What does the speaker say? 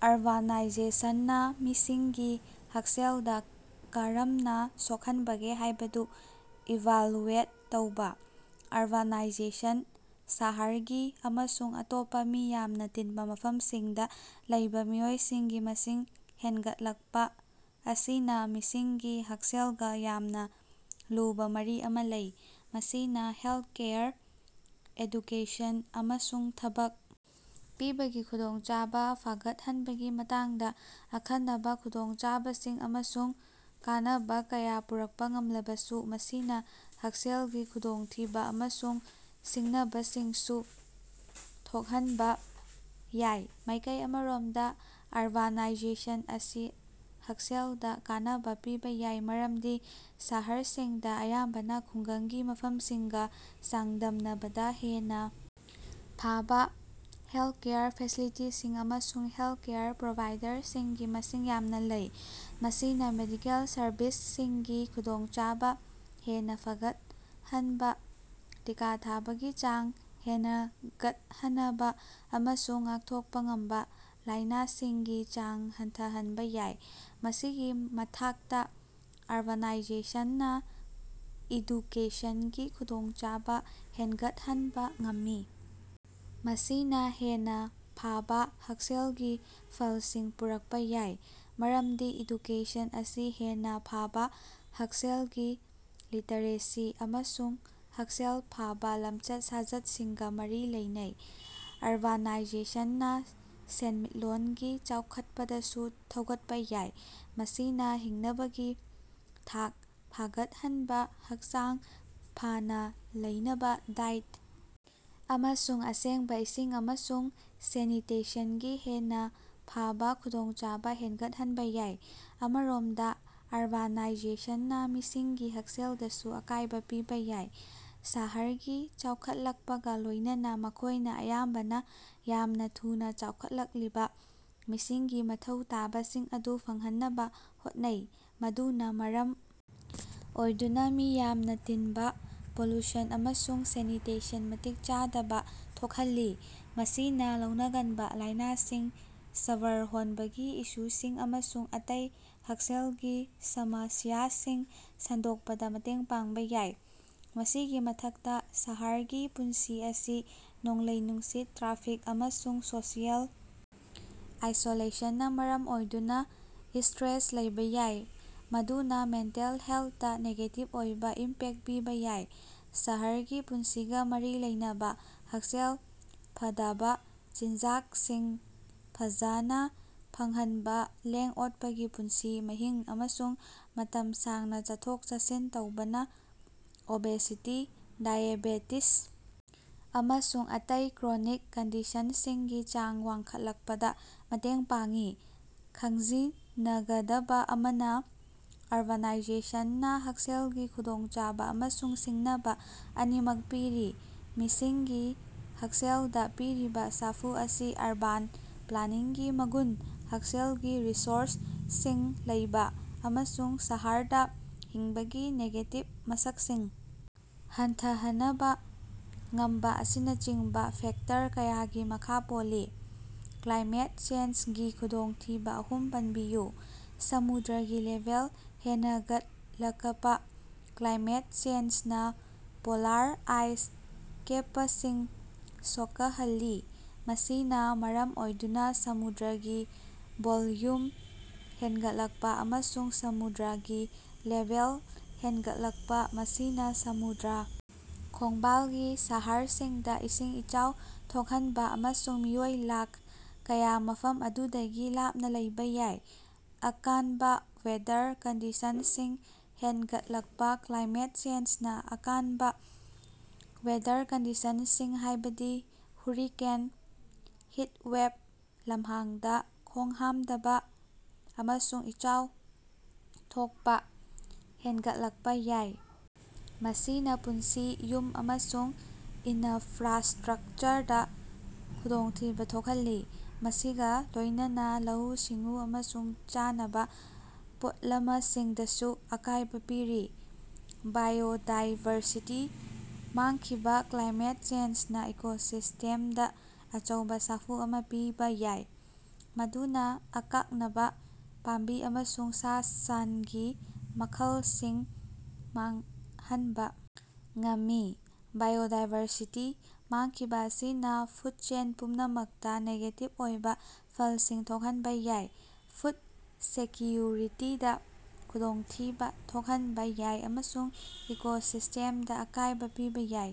ꯑꯔꯕꯥꯟꯅꯥꯏꯖꯦꯁꯟꯅ ꯃꯤꯁꯤꯡꯒꯤ ꯍꯛꯁꯦꯜꯗ ꯀꯥꯔꯝꯅ ꯁꯣꯛꯍꯟꯕꯒꯦ ꯍꯥꯏꯕꯗꯨ ꯏꯚꯥꯜꯂꯨꯌꯦꯠ ꯇꯧꯕ꯫ ꯑꯔꯕꯥꯅꯥꯏꯖꯦꯁꯟ, ꯁꯍꯥꯔꯁꯤꯡ ꯑꯃꯁꯨꯡ ꯑꯇꯣꯞꯄ ꯃꯤ ꯌꯥꯝꯅ ꯇꯤꯟꯕ ꯃꯐꯝꯁꯤꯡꯗ ꯂꯩꯕ ꯃꯤꯑꯣꯏꯁꯤꯡꯒꯤ ꯃꯁꯤꯡ ꯍꯦꯟꯒꯠꯂꯛꯄ ꯑꯁꯤꯅ ꯃꯤꯁꯤꯡꯒꯤ ꯍꯛꯁꯦꯜꯒ ꯌꯥꯝꯅ ꯂꯨꯕ ꯃꯔꯤ ꯑꯃ ꯂꯩ꯫ ꯃꯁꯤꯅ ꯍꯦꯜꯊꯀꯦꯌꯥꯔ, ꯑꯦꯗꯨꯀꯦꯁꯟ, ꯑꯃꯁꯨꯡ ꯊꯕꯛ ꯄꯤꯕꯒꯤ ꯈꯨꯗꯣꯡꯆꯥꯕ ꯐꯥꯒꯠꯍꯟꯕꯒꯤ ꯃꯇꯥꯡꯗ ꯑꯈꯟꯅꯕ ꯈꯨꯗꯣꯡꯆꯥꯕꯁꯤꯡ ꯑꯃꯁꯨꯡ ꯀꯥꯟꯅꯕ ꯀꯌꯥ ꯄꯨꯔꯛꯄ ꯉꯝꯂꯕꯁꯨ, ꯃꯁꯤꯅ ꯍꯛꯁꯦꯜꯒꯤ ꯈꯨꯗꯣꯡꯊꯤꯕ ꯑꯃꯁꯨꯡ ꯁꯤꯡꯅꯕꯁꯤꯡꯁꯨ ꯊꯣꯛꯍꯟꯕ ꯌꯥꯏ꯫ ꯃꯥꯢꯀꯩ ꯑꯃꯔꯣꯝꯗ, ꯑꯔꯕꯥꯟꯅꯥꯏꯖꯦꯁꯟ ꯑꯁꯤ ꯍꯛꯁꯦꯜꯗ ꯀꯥꯟꯅꯕ ꯄꯤꯕ ꯌꯥꯏ ꯃꯔꯝꯗꯤ ꯁꯥꯍꯔꯁꯤꯡꯗ ꯑꯌꯥꯝꯕꯅ ꯈꯨꯡꯒꯪꯒꯤ ꯃꯐꯝꯁꯤꯡꯒ ꯆꯥꯡꯗꯝꯅꯕꯗ ꯍꯦꯟꯅ ꯐꯥꯕ ꯍꯦꯜꯊꯀꯦꯌꯥꯔ ꯐꯦꯁꯤꯂꯤꯇꯤꯁꯤꯡ ꯑꯃꯁꯨꯡ ꯍꯦꯜꯊꯀꯦꯌꯥꯔ ꯄ꯭ꯔꯣꯚꯥꯏꯗꯔꯁꯤꯡꯒꯤ ꯃꯁꯤꯡ ꯌꯥꯝꯅ ꯂꯩ꯫ ꯃꯁꯤꯅ ꯃꯦꯗꯤꯀꯦꯜ ꯁꯔꯚꯤꯁꯁꯤꯡꯒꯤ ꯈꯨꯗꯣꯡꯆꯥꯕ ꯍꯦꯟꯅ ꯐꯒꯠꯍꯟꯕ, ꯇꯤꯀꯥ ꯊꯥꯕꯒꯤ ꯆꯥꯡ ꯍꯦꯅꯒꯠꯍꯅꯕ, ꯑꯃꯁꯨꯡ ꯉꯥꯛꯊꯣꯛꯄ ꯉꯝꯕ ꯂꯥꯢꯅꯁꯤꯡꯒꯤ ꯆꯥꯡ ꯍꯟꯊꯍꯟꯕ ꯌꯥꯏ꯫ ꯃꯁꯤꯒꯤ ꯃꯊꯥꯛꯇ, ꯑꯔꯕꯥꯟꯅꯥꯏꯖꯦꯁꯟꯅ ꯏꯗꯨꯀꯦꯁꯟꯒꯤ ꯈꯨꯗꯣꯡꯆꯥꯕ ꯍꯦꯟꯒꯠꯍꯟꯕ ꯉꯝꯃꯤ, ꯃꯁꯤꯅ ꯍꯦꯟꯅ ꯐꯥꯕ ꯍꯛꯁꯦꯜꯒꯤ ꯐꯜꯁꯤꯡ ꯄꯨꯔꯛꯄ ꯌꯥꯏ, ꯃꯔꯝꯗꯤ ꯏꯗꯨꯀꯦꯁꯟ ꯑꯁꯤ ꯍꯦꯟꯅ ꯐꯥꯕ ꯍꯛꯁꯦꯜꯒꯤ ꯂꯤꯇꯔꯦꯁꯤ ꯑꯃꯁꯨꯡ ꯍꯛꯁꯦꯜ ꯐꯥꯕ ꯂꯝꯆꯠ-ꯁꯥꯖꯠꯁꯤꯡꯒ ꯃꯔꯤ ꯂꯩꯅꯩ꯫ ꯑꯔꯕꯥꯟꯅꯥꯏꯖꯦꯁꯟꯅ ꯁꯦꯟꯃꯤꯠꯂꯣꯟꯒꯤ ꯆꯥꯎꯈꯠꯄꯗꯁꯨ ꯊꯧꯒꯠꯄ ꯌꯥꯏ, ꯃꯁꯤꯅ ꯍꯤꯡꯅꯕꯒꯤ ꯊꯥꯛ ꯐꯥꯒꯠꯍꯟꯕ, ꯍꯛꯆꯥꯡ ꯐꯥꯅ ꯂꯩꯅꯕ ꯗꯥꯏꯠ, ꯑꯃꯁꯨꯡ ꯑꯁꯦꯡꯕ ꯏꯁꯤꯡ ꯑꯃꯁꯨꯡ ꯁꯦꯅꯤꯇꯦꯁꯟꯒꯤ ꯍꯦꯟꯅ ꯐꯥꯕ ꯈꯨꯗꯣꯡꯆꯥꯕ ꯍꯦꯟꯒꯠꯍꯟꯕ ꯌꯥꯏ꯫ ꯑꯃꯔꯣꯝꯗ, ꯑꯔꯕꯥꯟꯅꯥꯏꯖꯦꯁꯟꯅ ꯃꯤꯁꯤꯡꯒꯤ ꯍꯛꯁꯦꯜꯗꯁꯨ ꯑꯀꯥꯏꯕ ꯄꯤꯕ ꯌꯥꯏ꯫ ꯁꯥꯍꯔꯁꯤꯡ ꯆꯥꯎꯈꯠꯂꯛꯄꯒ ꯂꯣꯢꯅꯅ, ꯃꯈꯣꯢꯅ ꯑꯌꯥꯝꯕꯅ ꯌꯥꯝꯅ ꯊꯨꯅ ꯆꯥꯎꯈꯠꯂꯛꯂꯤꯕ ꯃꯤꯁꯤꯡꯒꯤ ꯃꯊꯧ ꯇꯥꯕꯁꯤꯡ ꯑꯗꯨ ꯐꯪꯍꯟꯅꯕ ꯍꯣꯠꯅꯩ, ꯃꯗꯨꯅ ꯃꯔꯝ ꯑꯣꯏꯗꯨꯅ ꯃꯤ ꯌꯥꯝꯅ ꯇꯤꯟꯕ, ꯄꯣꯂꯨꯁꯟ ꯑꯃꯁꯨꯡ ꯁꯦꯅꯤꯇꯦꯁꯟ ꯃꯇꯤꯛ ꯆꯥꯗꯕ ꯊꯣꯛꯍꯜꯂꯤ꯫ ꯃꯁꯤꯅ ꯂꯧꯅꯒꯟꯕ ꯂꯥꯢꯅꯁꯤꯡ, ꯁ꯭ꯕꯔ ꯍꯣꯟꯕꯒꯤ ꯏꯁꯨꯁꯤꯡ ꯑꯃꯁꯨꯡ ꯑꯇꯩ ꯍꯛꯁꯦꯜꯒꯤ ꯁꯃꯥꯁ꯭ꯌꯥꯁꯤꯡ ꯁꯟꯗꯣꯛꯄꯗ ꯃꯇꯦꯡ ꯄꯥꯡꯕ ꯌꯥꯏ꯫ ꯃꯁꯤꯒꯤ ꯃꯊꯛꯇ, ꯁꯍꯥꯔꯒꯤ ꯄꯨꯟꯁꯤ ꯑꯁꯤ ꯅꯣꯡꯂꯩ-ꯅꯨꯡꯁꯤꯠ, ꯇ꯭ꯔꯥꯐꯤꯛ, ꯑꯃꯁꯨꯡ ꯁꯣꯁꯤꯑꯦꯜ ꯑꯥꯏꯁꯣꯂꯦꯁꯟꯅ ꯃꯔꯝ ꯑꯣꯏꯗꯨꯅ ꯏꯁ꯭ꯠꯔꯦꯁ ꯂꯩꯕ ꯌꯥꯏ, ꯃꯗꯨꯅ ꯃꯦꯟꯇꯦꯜ ꯍꯦꯜꯊꯇ ꯅꯦꯒꯦꯇꯤꯚ ꯑꯣꯏꯕ ꯏꯝꯄꯦꯛ ꯄꯤꯕ ꯌꯥꯏ꯫ ꯁꯍꯔꯒꯤ ꯄꯨꯟꯁꯤꯒ ꯃꯔꯤ ꯂꯩꯅꯕ ꯍꯛꯁꯦꯜ ꯐꯗꯥꯕ ꯆꯤꯟꯖꯥꯛꯁꯤꯡ ꯐꯖꯥꯅ ꯐꯪꯍꯟꯕ, ꯂꯦꯡ-ꯑꯣꯠꯄꯒꯤ ꯄꯨꯟꯁꯤ ꯃꯍꯤꯡ, ꯑꯃꯁꯨꯡ ꯃꯇꯝ ꯁꯥꯡꯅ ꯆꯠꯊꯣꯛ-ꯆꯠꯁꯤꯟ ꯇꯧꯕꯅ ꯑꯣꯕꯦꯁꯤꯇꯤ, ꯗꯥꯏꯑꯦꯕꯦꯇꯤꯖ ꯑꯃꯁꯨꯡ ꯑꯇꯩ ꯀ꯭ꯔꯣꯅꯤꯛ ꯀꯟꯗꯤꯁꯟꯁꯤꯡꯒꯤ ꯆꯥꯡ ꯋꯥꯡꯈꯠꯂꯛꯄꯗ ꯃꯇꯦꯡ ꯄꯥꯡꯏ꯫ ꯈꯪꯖꯤꯅꯒꯗꯕ ꯑꯃꯅ, ꯑꯔꯕꯥꯟꯅꯥꯏꯖꯦꯁꯟꯅ ꯍꯛꯁꯦꯜꯒꯤ ꯈꯨꯗꯣꯡꯆꯥꯕ ꯑꯃꯁꯨꯡ ꯁꯤꯡꯅꯕ ꯑꯅꯤꯃꯛ ꯄꯤꯔꯤ꯫ ꯃꯤꯁꯤꯡꯒꯤ ꯍꯛꯁꯦꯜꯗ ꯄꯤꯔꯤꯕ ꯁꯥꯐꯨ ꯑꯁꯤ ꯑꯔꯕꯥꯟ ꯄ꯭ꯂꯥꯅꯤꯡꯒꯤ ꯃꯒꯨꯟ, ꯍꯛꯁꯦꯜꯒꯤ ꯔꯤꯁꯣꯔꯁꯁꯤꯡ ꯂꯩꯕ, ꯑꯃꯁꯨꯡ ꯁꯍꯥꯔꯗ ꯍꯤꯡꯕꯒꯤ ꯅꯦꯒꯦꯇꯤꯚ ꯃꯁꯛꯁꯤꯡ ꯍꯟꯊꯍꯅꯕ ꯉꯝꯕ ꯑꯁꯤꯅꯆꯤꯡꯕ ꯐꯦꯛꯇꯔ ꯀꯌꯥꯒꯤ ꯃꯈꯥ ꯄꯣꯜꯂꯤ꯫ ꯀ꯭ꯂꯥꯏꯃꯦꯠ ꯆꯦꯟꯖꯒꯤ ꯈꯨꯗꯣꯡꯊꯤꯕ ꯑꯍꯨꯝ ꯄꯟꯕꯤꯌꯨ꯫ ꯁꯃꯨꯗ꯭ꯔꯒꯤ ꯂꯦꯚꯦꯜ ꯍꯦꯟꯒꯠꯂꯛꯄꯥ, ꯀ꯭ꯂꯥꯏꯃꯦꯠ ꯆꯦꯟꯖꯅ ꯄꯣꯂꯥꯔ ꯑꯥꯏꯁ ꯀꯦꯞꯁꯤꯡ ꯁꯣꯛꯍꯜꯂꯤ, ꯃꯁꯤꯅꯥ ꯃꯔꯝ ꯑꯣꯏꯗꯨꯅꯥ ꯁꯃꯨꯗ꯭ꯔꯒꯤ ꯚꯣꯜꯌꯨꯝ ꯍꯦꯟꯒꯠꯂꯛꯄ ꯑꯃꯁꯨꯡ ꯁꯃꯨꯗ꯭ꯔꯥꯒꯤ ꯂꯦꯚꯦꯜ ꯍꯦꯟꯒꯠꯂꯛꯄ꯫ ꯃꯁꯤꯅ ꯁꯃꯨꯗ꯭ꯔꯥ ꯈꯣꯡꯕꯥꯜꯒꯤ ꯁꯍꯥꯔꯁꯤꯡꯗ ꯏꯁꯤꯡ ꯏꯆꯥꯎ ꯊꯣꯛꯍꯟꯕ ꯑꯃꯁꯨꯡ ꯃꯤꯑꯣꯏ ꯂꯥꯈ ꯀꯌꯥ ꯃꯐꯝ ꯑꯗꯨꯗꯒꯤ ꯂꯥꯞꯅ ꯂꯩꯕ ꯌꯥꯏ꯫ ꯑꯀꯥꯟꯕ ꯋꯦꯗꯔ ꯀꯟꯗꯤꯁꯟꯁꯤꯡ ꯍꯦꯟꯒꯠꯂꯛꯄ ꯀ꯭ꯂꯥꯏꯃꯦꯠ ꯆꯦꯟꯖꯅ ꯑꯀꯥꯟꯕ ꯋꯦꯗꯔ ꯀꯟꯗꯤꯁꯟꯁꯤꯡ ꯍꯥꯏꯕꯗꯤ ꯍꯨꯔꯤꯀꯦꯟ, ꯍꯤꯠꯋꯦꯕ, ꯂꯝꯍꯥꯡꯗ ꯈꯣꯡꯍꯥꯝꯗꯕ, ꯑꯃꯁꯨꯡ ꯏꯆꯥꯎ ꯊꯣꯛꯄ ꯍꯦꯟꯒꯠꯂꯛꯄ ꯌꯥꯏ꯫ ꯃꯁꯤꯅ ꯄꯨꯟꯁꯤ, ꯌꯨꯝ, ꯑꯃꯁꯨꯡ ꯏꯅꯐ꯭ꯔꯥꯁ꯭ꯇꯔꯥꯛꯆꯔꯗ ꯈꯨꯗꯣꯡꯊꯤꯕ ꯊꯣꯛꯍꯜꯂꯤ, ꯃꯁꯤꯒ ꯂꯣꯏꯅꯅ ꯂꯧꯎ-ꯁꯤꯡꯎ ꯑꯃꯁꯨꯡ ꯆꯥꯅꯕ ꯄꯣꯠꯂꯃꯁꯤꯡꯗꯁꯨ ꯑꯀꯥꯏꯕ ꯄꯤꯔꯤ꯫ ꯕꯥꯏꯑꯣꯗꯥꯏꯕꯔꯁꯤꯇꯤ ꯃꯥꯡꯈꯤꯕ - ꯀ꯭ꯂꯥꯏꯃꯦꯠ ꯆꯦꯟꯖꯅ ꯏꯀꯣꯁꯤꯁ꯭ꯇꯦꯝꯗ ꯑꯆꯧꯕ ꯁꯥꯐꯨ ꯑꯃ ꯄꯤꯕ ꯌꯥꯏ, ꯃꯗꯨꯅ ꯑꯀꯥꯛꯅꯕ ꯄꯥꯝꯕꯤ ꯑꯃꯁꯨꯡ ꯁꯥ-ꯁꯥꯟꯒꯤ ꯃꯈꯜꯁꯤꯡ ꯃꯥꯡꯍꯟꯕ ꯉꯝꯃꯤ꯫ ꯕꯥꯏꯑꯣꯗꯥꯏꯕꯔꯁꯤꯇꯤ ꯃꯥꯡꯈꯤꯕ ꯑꯁꯤꯅ ꯐꯨꯗ ꯆꯦꯟ ꯄꯨꯝꯅꯃꯛꯇ ꯅꯦꯒꯦꯇꯤꯕ ꯑꯣꯏꯕ ꯐꯜꯁꯤꯡ ꯊꯣꯛꯍꯟꯕ ꯌꯥꯏ, ꯐꯨꯗ ꯁꯦꯛꯀꯤꯌꯨꯔꯤꯇꯤꯗ ꯈꯨꯗꯣꯡꯊꯤꯕ ꯊꯣꯛꯍꯟꯕ ꯌꯥꯏ ꯑꯃꯁꯨꯡ ꯏꯀꯣꯁꯤꯁ꯭ꯇꯦꯝꯗ ꯑꯀꯥꯏꯕ ꯄꯤꯕ ꯌꯥꯏ꯫